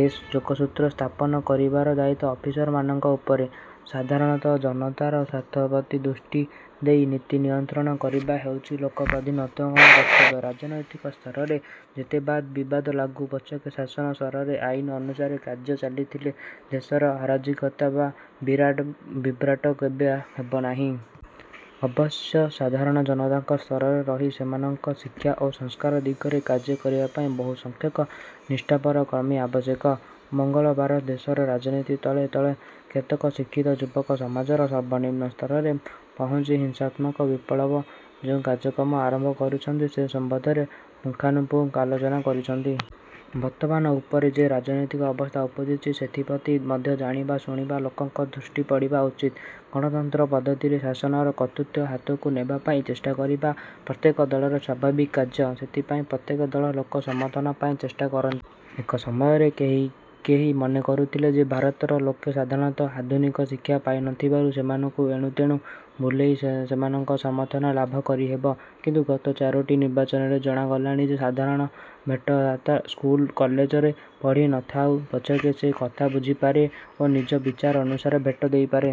ଏ ଯୋଗସୂତ୍ର ସ୍ଥାପନ କରିବାର ଦାୟିତ୍ୱ ଅଫିସରମାନଙ୍କ ଉପରେ। ସାଧାରଣ ଜନତାର ସ୍ୱାର୍ଥପ୍ରତି ଦୃଷ୍ଟି ଦେଇ ନୀତି ନିୟନ୍ତ୍ରଣ କରିବା ହେଉଛି ଲୋକପ୍ରତିନିଧିମାନଙ୍କ କର୍ତ୍ତବ୍ୟ। ରାଜନୈତିକ ସ୍ତରରେ ଯେତେ ବାଦ ବିବାଦ ଲାଗୁ ପଛକେ ଶାସନ ସ୍ତରରେ ଆଇନ ଅନୁସାରେ କାର୍ଯ୍ୟ ଚାଲିଥିଲେ ଦେଶରେ ଅରାଜକତା ବା ବିରାଟ ବିଭ୍ରାଟ କେବେ ହେବନାହିଁ। ଅବଶ୍ୟ ସାଧାରଣ ଜନତାଙ୍କ ସ୍ତରରେ ରହି ସେମାନଙ୍କ ଶିକ୍ଷା ଓ ସଂସ୍କାର ଦିଗରେ କାର୍ଯ୍ୟ କରିବାପାଇଁ ବହୁ ସଂଖ୍ୟକ ନିଷ୍ଠାପର କର୍ମୀ ଆବଶ୍ୟକ। ମଙ୍ଗଳବାର ଦେଶର ରାଜନୀତି ତଳେ ତଳେ କେତେକ ଶିକ୍ଷିତ ଯୁବକ ସମାଜର ସର୍ବନିମ୍ନ ସ୍ତରରେ ପହୁଞ୍ଚି ହିଂସାତ୍ମକ ବିପ୍ଳବର ଯେଉଁ କାର୍ଯ୍ୟକ୍ରମ ଆରମ୍ଭ କରିଛନ୍ତି ସେ ସମ୍ବନ୍ଧରେ ପୁଙ୍ଖାନୁପୁଙ୍ଖ ଆଲୋଚନା କରିଛି। ବର୍ତ୍ତମାନ ଉପରେ ଯେ ରାଜନୈତିକ ଅବସ୍ଥା ଉପୁଜିଛି, ସେଥିପ୍ରତି ମଧ୍ୟ ଜାଣିବା ଶୁଣିବା ଲୋକଙ୍କ ଦୃଷ୍ଟି ପଡ଼ିବା ଉଚିତ। ଗଣତନ୍ତ୍ର ପଦ୍ଧତିରେ ଶାସନର କର୍ତ୍ତୃତ୍ୱ ହାତକୁ ନେବାପାଇଁ ଚେଷ୍ଟା କରିବା ପ୍ରତ୍ୟେକ ଦଳର ସ୍ୱାଭାବିକ କାର୍ଯ୍ୟ। ସେଥିପାଇଁ ପ୍ରତ୍ୟେକ ଦଳ ଲୋକ ସମର୍ଥନ ପାଇବା ଚେଷ୍ଟା କରନ୍ତି। ଏକ ସମୟରେ କେହି କେହି ମନେ କରୁଥିଲେ ଯେ ଭାରତର ଲୋକେ ସାଧାରଣତଃ ଆଧୁନିକ ଶିକ୍ଷା ପାଇନଥିବାରୁ ସେମାନଙ୍କୁ ଏଣୁ ତେଣୁ ଭୁଲେଇ ସେମାନଙ୍କ ସମର୍ଥନ ଲାଭ କରିହେବ; କିନ୍ତୁ ଗତ ଚାରୋଟି ନିର୍ବାଚନରେ ଜଣାଗଲାଣି ଯେ ସାଧାରଣ ଭୋଟଦାତା ସ୍କୁଲ କଲେଜରେ ପଢ଼ି ନ ଥାଉ ପଛକେ ସେ କଥା ବୁଝିପାରେ ଓ ନିଜ ବିଚାର ଅନୁସାରେ ଭୋଟ ଦେଇପାରେ।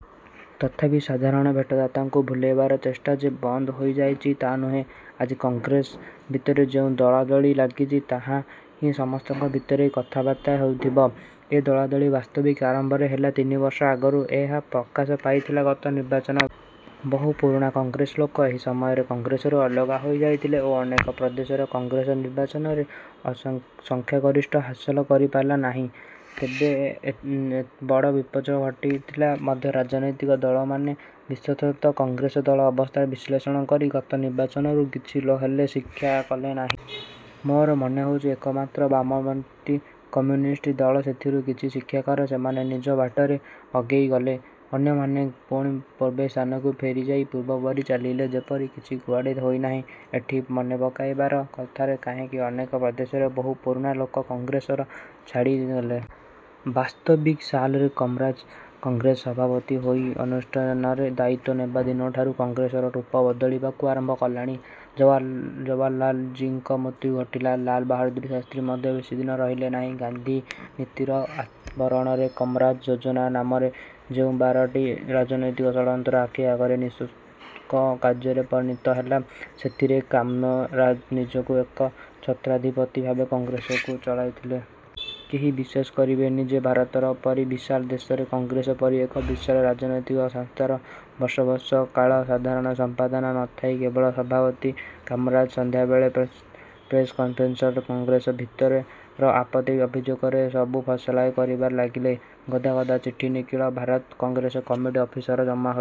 ତଥାପି ସାଧାରଣ ଭୋଟଦାତାଙ୍କୁ ଭୁଲେଇବାର ଚେଷ୍ଟା ଯେ ବନ୍ଦ ହୋଇଯାଇଛି, ତାହା ନୁହେଁ। ଆଜି କଂଗ୍ରେସ ଭିତରେ ଯେଉଁ ଦଳାଦଳି ଲାଗିଛି, ତାହାହିଁ ସମସ୍ତଙ୍କ ଭିତରେ କଥାବାର୍ତ୍ତା ହେଉଥିବ। ଏ ଦଳାଦଳି ବାସ୍ତବିକ ଆରମ୍ଭ ହେଲା ତିନିବର୍ଷ ଆଗରୁ। ଏହା ପ୍ରକାଶ ପାଇଥିଲା ଗତ ନିର୍ବାଚନବେଳେ। ବହୁ ପୁରୁଣା କଂଗ୍ରେସ ଲୋକ ସେହି ସମୟରେ କଂଗ୍ରେସରୁ ଅଲଗା ହୋଇଯାଇଥିଲେ ଓ ଅନେକ ପ୍ରଦେଶରେ କଂଗ୍ରେସ ନିର୍ବାଚନରେ ସଂଖ୍ୟାଗରିଷ୍ଠତା ହାସଲ କରିପାରିଲାନାହିଁ। ଏତେ ବଡ଼ ବିପର୍ଯ୍ୟୟ ଘଟିଥିଲେ ମଧ୍ୟ ରାଜନୈତିକ ଦଳମାନେ ବିଶେଷତଃ କଂଗ୍ରେସ ଦଳ ଅବସ୍ଥାର ବିଶ୍ଳେଷଣ କରି ଗତ ନିର୍ବାଚନରୁ କିଛି ହେଲେ ଶିକ୍ଷା କଲେନାହିଁ। ମୋର ମନେହେଉଛି ଏକମାତ୍ର ବାମପନ୍ଥୀ କମ୍ୟୁନିଷ୍ଟ ଦଳ ସେଥିରୁ କିଛି ଶିକ୍ଷାକରି ସେମାନେ ନିଜ ବାଟରେ ଆଗେଇଲେ। ଅନ୍ୟମାନେ ପୁଣି ପୂର୍ବେ ସ୍ଥାନକୁ ଫେରିଯାଇ ପୂର୍ବପରି ଚାଲିଲେ। ଯେପରି କିଛି କୁଆଡ଼େ ହୋଇନାହିଁ। ଏଠି ମନେପକାଇବାର କଥା ରେ କାହିଁକି ଅନେକ ପ୍ରଦେଶରେ ବହୁ ପୁରୁଣା ଲୋକ କଂଗ୍ରେସ ଛାଡ଼ିଲେ। ବାସ୍ତବିକ ସାଲରେ କାମରାଜ କଂଗ୍ରେସ ସଭାପତି ହୋଇ ଅନୁଷ୍ଠାନର ଦାୟିତ୍ୱ ନେବା ଦିନଠାରୁ କଂଗ୍ରେସର ରୂପ ବଦଳିବାକୁ ଆରମ୍ଭ କଲାଣି। ଜବାହରଲାଲଜୀଙ୍କ ମୃତ୍ୟୁ ଘଟିଲା। ଲାଲବାହାଦୂର ଶାସ୍ତ୍ରୀ ମଧ୍ୟ ବେଶି ଦିନ ରହିଲେନାହିଁ। ଗାନ୍ଧିନୀତିର ଆବରଣରେ କାମରାଜ ଯୋଜନା ନାମରେ ଯେଉଁ ବିରାଟ ରାଜନୈତିକ ଷଡ଼ଯନ୍ତ୍ର ଆଖି ଆଗରେ ନିଃସଙ୍କୋଚରେ କାର୍ଯ୍ୟରେ ପରିଣତ ହେଲା, ସେଥିରେ କାମରାଜ ନିଜକୁ ଏକଚ୍ଛତ୍ରାଧିପତି ଭାବି କଂଗ୍ରେସକୁ ଚଳାଇଲେ। କେହି ବିଶ୍ୱାସ କରିବେନି ଯେ ଭାରତ ପରି ବିଶାଳ ଦେଶରେ କଂଗ୍ରେସ ପରି ଏକ ବିଶାଳ ରାଜନୈତିକ ସଂସ୍ଥାରେ ବର୍ଷ ବର୍ଷ କାଳ ସାଧାରଣ ସମ୍ପାଦନ ନ ଥାଇ କେବଳ ସଭାପତି କାମରାଜ ସନ୍ଧ୍ୟାବେଳେ ପ୍ରେସକନ୍ଫରେନ୍ସରେ କଂଗ୍ରେସ ଭିତରର ଆପତ୍ତି ଅଭିଯୋଗର ସବୁ ଫଏସଲା କରିବାରେ ଲାଗିଲେ! ଗଦା ଗଦା ଚିଠି ନିଖିଳ ଭାରତ କଂଗ୍ରେସ କମିଟି ଅଫିସରେ ଜମାହୋଇ